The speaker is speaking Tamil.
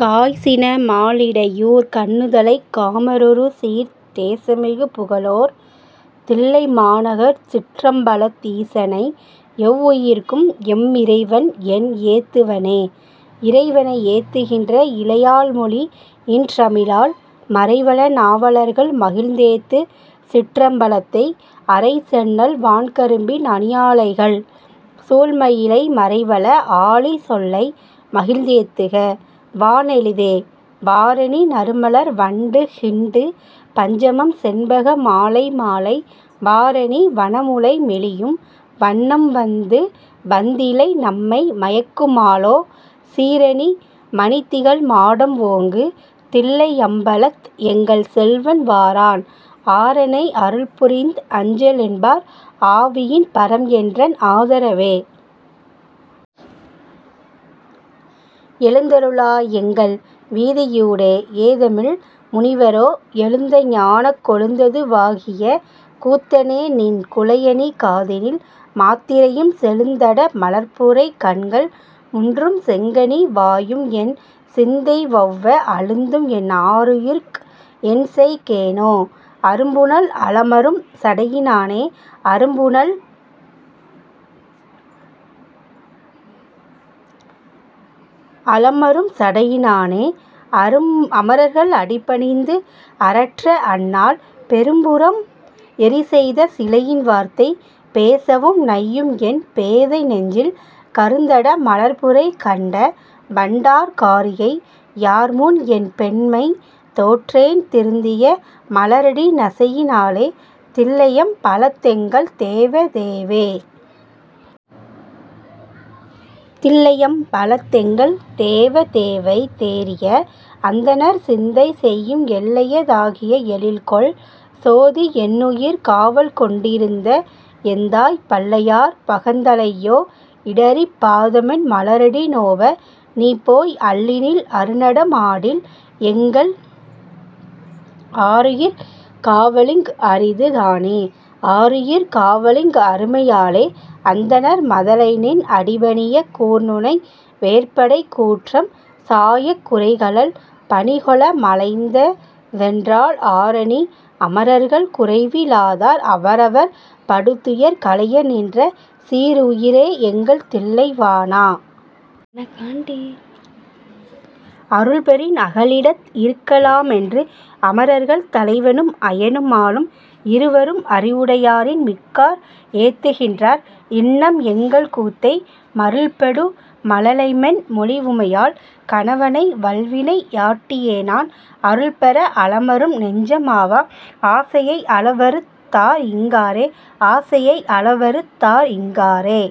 காய்சின மால்லிடையூர் கண்ணுதலைக் காமருசீர்த் தேசமிகு புகழோர் தில்லைமாநகர்ச் சிற்றம்பலத் ஈசனை எவ்வுயிர்க்கும் எம்மிறைவன்என் ஏத்துவனே. இறைவனை ஏத்துகின்ற இளையாள்மொழி இன்றமிழால் மறைவல நாவலர்கள் மகிழ்ந்தேத்து சிற்றம்பலத்தை அறைசெந்நெல் வான்கரும்பின் அணியாலைகள் சூழ்மயிலை மறைவல ஆலிசொல்லை மகிழ்ந்தேத்துக வானெளிதே. வாரணி நறுமலர் வண்டு கிண்டு பஞ்சமம் செண்பக மாலைமாலை வாரணி வனமுலை மெலியும் வண்ணம் வந்து வந்திலைநம்மை மயக்குமாலோ சீரணி மணிதிகழ் மாடம் ஓங்கு தில்லையம்பலத் எங்கள் செல்வன் வாரான் ஆரெனை அருள்புரிந் அஞ்சல் என்பார் ஆவியின் பரம்என்றன் ஆதரவே. எழுந்தருளாய் எங்கள் வீதியூடே ஏதமில் முனிவரோ எழுந்தஞானக் கொழுந்தது வாகிய கூத்தனேநின் குழையணி காதினில் மாத்திரையும் செழுந்தட மலர்புரை கண்கள் முன்றும் செங்கனி வாயும்என் சிந்தைவெளவ அழுந்தும்என் ஆருயிர்க் என்செய் கேனோ? அரும்புனல் அலமரும் சடையினானே! அரும்புனல் அலமரும் சடையி னானை அமரர்கள் அடிபணிந்து அரற்ற அந்நாள் பெரும்புரம் எரிசெய்த சிலையின் வார்த்தை பேசவும் நையும் என் பேதை நெஞ்சில் கருந்தட மலர்புரை கண்ட வண்டார் காரிகை யார்முன்என் பெண்மை தோற்றேன் திருந்திய மலரடி நசையி னாலே தில்லையம் பலத்தெங்கள் தேவ தேவே. தில்லையம் பலத்தெங்கள் தேவ தேவைத் தேறிய அந்தணர் சிந்தை செய்யும் எல்லைய தாகிய எழில்கொள் சோதி என்னுயிர் காவல்கொண் டிருந்த எந்தாய் பல்லையார் பகந்தலை யோ இடறிப் பாதமென் மலரடி நோவ நீபோய் அல்லினில் அருநடம் ஆடில் எங்கள் ஆருயிர் காவலிங் அரிது தானே. ஆருயிர் காவலிங் அருமை யாலே அந்தணர் மதலைநின் அடிபணியக் கூர்நுனை வேற்படைக்கூற்றம் சாயக் குரைகழல் பணிகொள மலைந்த தென்றால் ஆரனி அமரர்கள் குறைவி லாதார் அவரவர் படுதுயர் களைய நின்ற சீருயி ரேஎங்கள் தில்லை வாணா! அருள்பெறின் அகலிடத் இருக்கலா மென்று அமரர்கள் தலைவனும் அயனும் மாலும் இருவரும் அறிவுடையாரின் மிக்கார் ஏத்துகின் றார் இன்னம் எங்கள்கூத்தை மருள்படு மழலைமென் மொழிவுமையாள் கணவனை வல்வினை யாட்டி யேனான் அருள்பெற அலமரும் நெஞ்சம் ஆவா ஆசையை அளவறுத் தார்இங் காரே? ஆசையை அளவறுத் தார்இங் காரே?